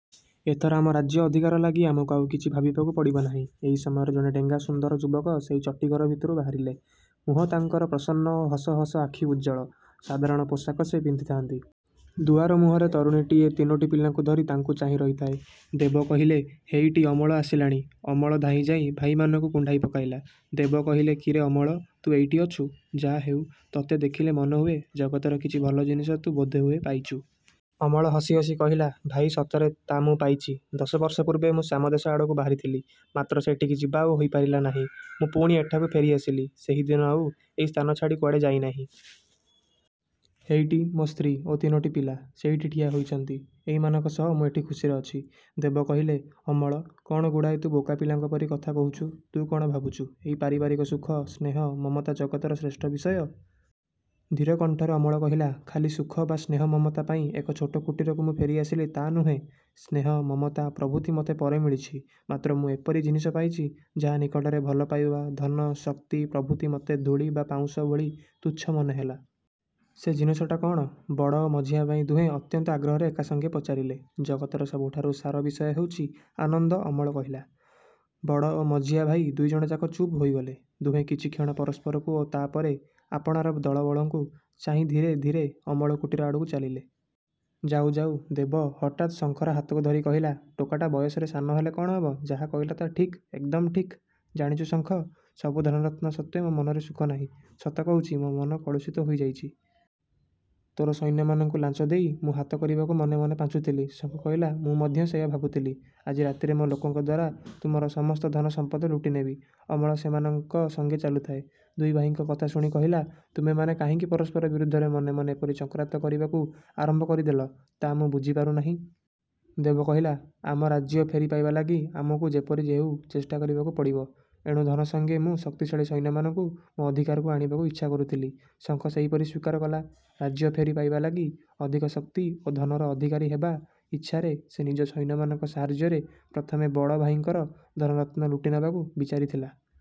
ଏଥର ଆମ ରାଜ୍ୟ ଅଧିକାର ଲାଗି ଆମକୁ ଆଉ କିଛି ଭାବିବାକୁ ପଡ଼ିବ ନାହିଁ। ଏହି ସମୟରେ ଜଣେ ଡେଙ୍ଗା ସୁନ୍ଦର ଯୁବକ ସେଇ ଚଟିଘର ଭିତରୁ ବାହାରିଲେ। ମୁହଁ ତାଙ୍କର ପ୍ରସନ୍ନ ଓ ହସ ହସ, ଆଖି ଉଜ୍ଜ୍ୱଳ। ସାଧାରଣ ପୋଷାକ ସେ ପିନ୍ଧିଥାନ୍ତି। ଦୁଆର ମୁହଁରେ ତରୁଣୀଟିଏ ତିନୋଟି ପିଲାଙ୍କୁ ଧରି ତାଙ୍କୁ ଚାହିଁ ରହିଥାଏ। ଦେବ କହିଲେ, ହେଇଟି ଅମଳ ଆସିଲାଣି। ଅମଳ ଧାଇଁ ଯାଇ ଭାଇମାନଙ୍କୁ କୁଣ୍ଢାଇ ପକାଇଲା। ଦେବ କହିଲେ, କିରେ ଅମଳ, ତୁ ଏଇଠି ଅଛୁ। ଯା ହେଉ, ତୋତେ ଦେଖିଲେ ମନେହୁଏ ଜଗତର କିଛି ଭଲ ଜିନିଷ ତୁ ବୋଧହୁଏ ପାଇଛୁ। ଅମଳ ହସି ହସି କହିଲା, ଭାଇ, ସତରେ ତା ମୁଁ ପାଇଛି। ଦଶ ବର୍ଷ ପୂର୍ବେ ମୁଁ ଶ୍ୟାମଦେଶ ଆଡ଼କୁ ବାହାରିଥିଲି; ମାତ୍ର ସେଠିକି ଯିବା ଆଉ ହୋଇପାରିଲା ନାହିଁ। ମୁଁ ପୁଣି ଏଠାକୁ ଫେରିଆସିଲି। ସେହିଦିନୁ ଆଉ ଏଇ ସ୍ଥାନ ଛାଡ଼ି କୁଆଡ଼େ ଯାଇନାହିଁ। ହେଇଟି, ମୋ ସ୍ତ୍ରୀ ଓ ତିନୋଟି ପିଲା ସେଇଠି ଠିଆ ହୋଇଛନ୍ତି। ଏଇମାନଙ୍କ ସହ ମୁଁ ଏଠି ଖୁସିରେ ଅଛି। ଦେବ କହିଲେ, ଅମଳ, କ'ଣ ଗୁଡ଼ାଏ ତୁ ବୋକା ପିଲାଙ୍କ ପରି କଥା କହୁଛୁ? ତୁ କ'ଣ ଭାବୁଛୁ ଏଇ ପାରିବାରିକ ସୁଖ, ସ୍ନେହ, ମମତା ଜଗତର ଶ୍ରେଷ୍ଠ ବିଷୟ। ଧୀର କଣ୍ଠରେ ଅମଳ କହିଲା, ଖାଲି ସୁଖ ବା ସ୍ନେହ ମମତା ପାଇଁ ଏଇ ଛୋଟ କୁଟିରକୁ ମୁଁ ଫେରିଆସିଲି ତା' ନୁହେଁ। ସ୍ନେହ, ମମତା ପ୍ରଭୃତି ମୋତେ ପରେ ମିଳିଛି; ମାତ୍ର ମୁଁ ଏପରି ଜିନିଷ ପାଇଛି, ଯାହା ନିକଟରେ ଭଲପାଇବା, ଧନ, ଶକ୍ତି ପ୍ରଭୃତି ମୋତେ ଧୂଳି ବା ପାଉଁଶ ଭଳି ତୁଚ୍ଛ ମନେହେଲା। ସେ ଜିନିଷଟା କ'ଣ? ବଡ଼ ଓ ମଝିଆଁ ଭାଇ ଦୁହେଁ ଅତ୍ୟନ୍ତ ଆଗ୍ରହରେ ଏକା ସଙ୍ଗେ ପଚାରିଲେ। ଜଗତର ସବୁଠାରୁ ସାର ବିଷୟ ହେଉଛି ଆନନ୍ଦ, ଅମଳ କହିଲା। ବଡ଼ ଓ ମଝିଆ ଭାଇ ଦୁଇଜଣ ଯାକ ଚୁପ୍ ହୋଇଗଲେ। ଦୁହେଁ କିଛିକ୍ଷଣ ପରସ୍ପରକୁ ଓ ତା'ପରେ ଆପଣାର ଦଳବଳଙ୍କୁ ଚାହିଁ ଧୀରେ ଧୀରେ ଅମଳ କୁଟୀର ଆଡ଼କୁ ଚାଲିଲେ। ଯାଉ ଯାଉ ଦେବ ହଠାତ୍ ଶଙ୍ଖର ହାତକୁ ଧରି କହିଲା, ଟୋକାଟା ବୟସରେ ସାନ ହେଲେ କ'ଣ ହେବ, ଯାହା କହିଲା ତା ଠିକ୍, ଏକଦମ୍ ଠିକ୍। ଜାଣିଛୁ ଶଙ୍ଖ, ସବୁ ଧନରତ୍ନ ସତ୍ତ୍ୱେ ମୋ ମନରେ ସୁଖ ନାହିଁ। ସତ କହୁଛି ମୋ ମନ କଳୁଷିତ ହୋଇଯାଇଛି। ତୋର ସୈନ୍ୟମାନଙ୍କୁ ଲାଞ୍ଚ ଦେଇ ମୁଁ ହାତ କରିବାକୁ ମନେ ମନେ ପାଞ୍ଚୁଥିଲି। ଶଙ୍ଖ କହିଲା, ମୁଁ ମଧ୍ୟ ସେଇଆ ଭାବୁଥିଲି। ଆଜି ରାତିରେ ମୋ ଲୋକଙ୍କ ଦ୍ୱାରା ତୁମର ସମସ୍ତ ଧନ ସମ୍ପଦ ଲୁଟିନେବି। ଅମଳ ସେମାନଙ୍କ ସଙ୍ଗେ ଚାଲୁଥାଏ। ଦୁଇ ଭାଇଙ୍କ କଥା ଶୁଣି କହିଲା, ତୁମେମାନେ କାହିଁକି ପରସ୍ପର ବିରୁଦ୍ଧରେ ମନେ ମନେ ଏପରି ଚକ୍ରାନ୍ତ କରିବାକୁ ଆରମ୍ଭ କରିଦେଲ ତା' ମୁଁ ବୁଝିପାରୁନାହିଁ। ଦେବ କହିଲା, ଆମ ରାଜ୍ୟ ଫେରି ପାଇବା ଲାଗି ଆମକୁ ଯେପରି ହେଉ ଚେଷ୍ଟା କରିବାକୁ ପଡ଼ିବ। ଏଣୁ ଧନ ସଙ୍ଗେ ମୁଁ ଶକ୍ତିଶାଳୀ ସୈନ୍ୟମାନଙ୍କୁ ମୋ ଅଧିକାରକୁ ଆଣିବାକୁ ଇଚ୍ଛା କରୁଥିଲି। ଶଙ୍ଖ ସେହିପରି ସ୍ୱୀକାର କଲା, ରାଜ୍ୟ ଫେରି ପାଇବା ଲାଗି ଅଧିକ ଶକ୍ତି ଓ ଧନର ଅଧିକାରୀ ହେବା ଇଚ୍ଛାରେ ସେ ନିଜ ସୈନ୍ୟମାନଙ୍କ ସାହାଯ୍ୟରେ ପ୍ରଥମେ ବଡ଼ ଭାଇଙ୍କର ଧନରତ୍ନ ଲୁଟିନେବାକୁ ବିଚାରି ଥିଲା।